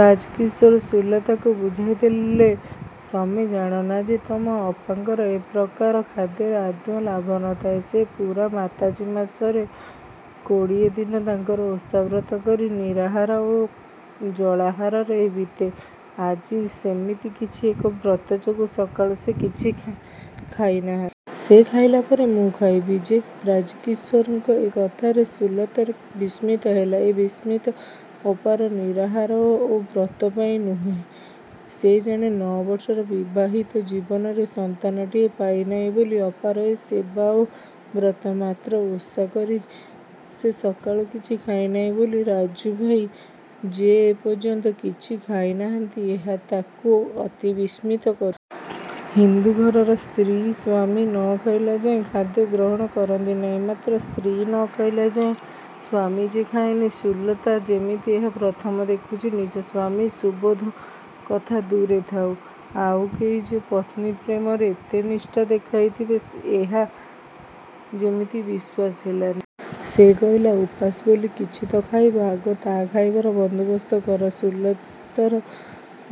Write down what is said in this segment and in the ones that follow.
ରାଜକିଶୋର ସୁଲତାକୁ ବୁଝାଇଦେଲେ, "ତମେ ଜାଣନା ଯେ ତମ ଅପାଙ୍କର ଏ ପ୍ରକାର ଖାଦ୍ୟରେ ଆଦୌ ଭାଗ ନ ଥାଏ। ସେ ପୂରା ମାତାଜୀ ମାସରେ କୋଡ଼ିଏ ଦିନ ତାଙ୍କର ଓଷା ବ୍ରତ କରି ନିରାହାର ଓ ଜଳାହାରରେ ବିତେ। ଆଜି ସେମିତି କିଛି ଏକ ବ୍ରତ ଯୋଗୁ ସକାଳୁ ସେ କିଛି ଖାଇନାହା ସେ ଖାଇଲା ପରେ ମୁଁ ଖାଇବି ଯେ।"ରାଜକିଶୋରଙ୍କ ଏ କଥାରେ ସୁଲତା ବିସ୍ମିତ ହେଲା। ଏ ବିସ୍ମୟ ଅପାର ନିରାହାର ଓ ବ୍ରତ ପାଇଁ ନୁହେଁ। ସେ ଜାଣେ ନଅବର୍ଷର ବିବାହିତ ଜୀବନରେ ସନ୍ତାନଟିଏ ପାଇନାହିଁ ବୋଲି ଅପାର ଏ ସେବା ଓ ବ୍ରତ। ମାତ୍ର ଓଷାକରି ସେ ସକାଳୁ କିଛି ଖାଇନାହିଁ ବୋଲି ରାଜୁଭାଇ ଯେ ଏପର୍ଯ୍ୟନ୍ତ କିଛି ଖାଇନାହାନ୍ତି, ଏହା ତାକୁ ଅତି ବିସ୍ମିତ କରୁ ହିନ୍ଦୁ ଘରର ସ୍ତ୍ରୀ ସ୍ଵାମୀ ନ ଖାଇଲାଯାଏ ଖାଦ୍ୟ ଗ୍ରହଣ କରନ୍ତି ନାହିଁ। ମାତ୍ର ସ୍ତ୍ରୀ ନ ଖାଇଲା ଯାଏ ସ୍ଵାମୀ ଯେ ଖାଏନି, ସୁଲତା ଯେମିତି ଏହା ପ୍ରଥମ ଦେଖୁଚି। ନିଜ ସ୍ଵାମୀ ସୁବୋଧ କଥା ଦୂରେଥାଉ, ଆଉ କେହି ଯେ ପତ୍ନୀ ପ୍ରେମରେ ଏତେ ନିଷ୍ଠା ଦେଖାଇଥିବେ ଏହା ଯେମିତି ବିଶ୍ଵାସ ହେଲାନି। ସେ କହିଲା, "ଉପାସ ବୋଲି କିଛି ତ ଖାଇବ, ଆଗ ତା' ଖାଇବାର ବନ୍ଦୋବସ୍ତ କର।"ସୁଲତାର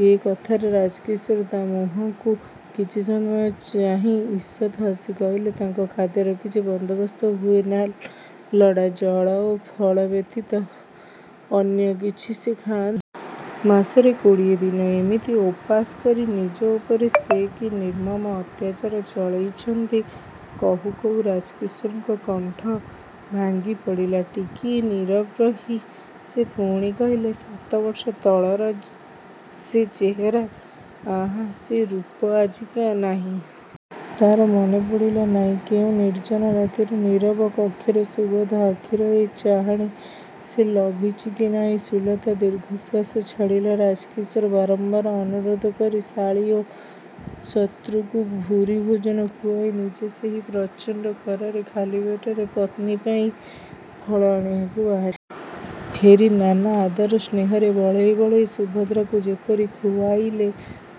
ଏ କଥାରେ ରାଜକିଶୋର ତା' ମୁହଁକୁ କିଛି ସମୟ ଚାହିଁ ଈଷତ୍ ହସି କହିଲେ, "ତାଙ୍କ ଖାଦ୍ୟର କିଛି ବନ୍ଦୋବସ୍ତ ହୁଏନା ଲଡ଼ା, ଜଳ ଓ ଫଳ ବ୍ୟତୀତ ଅନ୍ୟ କିଛି ସେ ଖାଆ ମାସରେ କୋଡ଼ିଏ ଦିନ ଏମିତି ଓପାସ କରି ନିଜ ଉପରେ ସେ କି ନିର୍ମମ ଅତ୍ୟାଚାର ଚଳେଇଛନ୍ତି।"କହୁ କହୁ ରାଜକିଶୋରଙ୍କ କଣ୍ଠ ଭାଙ୍ଗି ପଡ଼ିଲା ଟିକିଏ ନୀରବ ରହି ସେ ପୁଣି କହିଲେ, "ସାତବର୍ଷ ତଳର ସେ ଚେହେରା ଆଃ ସେ ରୂପ ଆଜି କାହିଁ? ତାର ମନେପଡ଼ିଲା ନାହିଁ କେଉଁ ନିର୍ଜନ ରାତିର ନୀରବ କକ୍ଷରେ ସୁବୋଧ ଆଖିର ଏ ଚାହାଣୀ ସେ ଲଭିଚି କି ନାଇଁ। ସୁଲତା ଦୀର୍ଘଶ୍ଵାସ ଛାଡ଼ିଲା। ରାଜକିଶୋର ବାରମ୍ବାର ଅନୁରୋଧ କରି ଶାଳୀ ଓ ଶତ୍ରୁଙ୍କୁ ଭୁରି ଭୋଜନ ଖୁଆଇ ନିଜେ ସେହି ପ୍ରଚଣ୍ଡ ଖରାରେ, ଖାଲି ପେଟରେ ପତ୍ନୀ ପାଇଁ ଫଳ ଆଣିବାକୁ ବାହାରି ଫେରି ନାନା ଆଦର ସ୍ନେହରେ ବଳେଇ ବଳେଇ ସୁଭଦ୍ରାକୁ ଯେପରି ଖୁଆଇଲେ,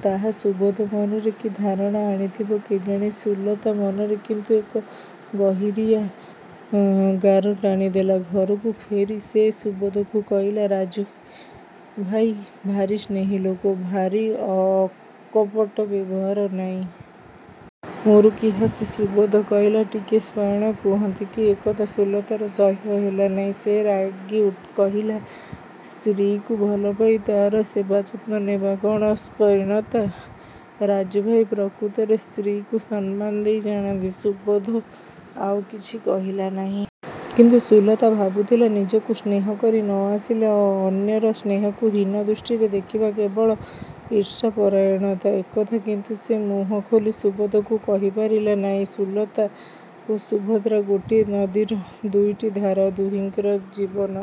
ତାହା ସୁବୋଧ ମନରେ କି ଧାରଣା ଆଣିଥିବ କେଜାଣି, ସୁଲତା ମନରେ କିନ୍ତୁ ଏକ ଗହୀରିଆ ଗାର ଟାଣି ଦେଲା। ଘରକୁ ଫେରି ସେ ସୁବୋଧକୁ କହିଲା, "ରାଜୁଭାଇ ଭାରି ସ୍ନେହୀ ଲୋକ, ଭାରି ଅକପଟ ବ୍ୟବହାର, ନାଇଁ? "ମୁରୁକି ହସି ସୁବୋଧ କହିଲା, "ଟିକିଏ ସ୍ତ୍ରୈଣ ନୁହନ୍ତି କି? "ଏକଥା ସୁଲତାର ସହ୍ୟ ହେଲା ନାହିଁ। ସେ ରାଗି କହିଲା, "ସ୍ତ୍ରୀକୁ ଭଲପାଇ ତାର ସେବାଯତ୍ନ ନେବା କ'ଣ ସ୍ତ୍ରୈଣତା? ରାଜୁଭାଇ ପ୍ରକୃତରେ ସ୍ତ୍ରୀକୁ ସମ୍ମାନ ଦେଇ ଜାଣନ୍ତି। " ସୁବୋଧ ଆଉ କିଛି କହିଲା ନାହିଁ। କିନ୍ତୁ ସୁଲତା ଭାବୁଥିଲା ନିଜକୁ ସ୍ନେହ କରି ନ ଆସିଲେ ଅନ୍ୟର ସ୍ନେହକୁ ହୀନ ଦୃଷ୍ଟିରେ ଦେଖିବା କେବଳ ଈର୍ଷାପରାୟଣତା, ଏକଥା କିନ୍ତୁ ସେ ମୁହଁ ଖୋଲି ସୁବୋଧକୁ କହିପାରିଲା ନାହିଁ। ସୁଲତା ଓ ସୁଭଦ୍ରା ଗୋଟିଏ ନଦୀର ଦୁଇଟି ଧାର! ଦୁହିଙ୍କର ଜୀବନ।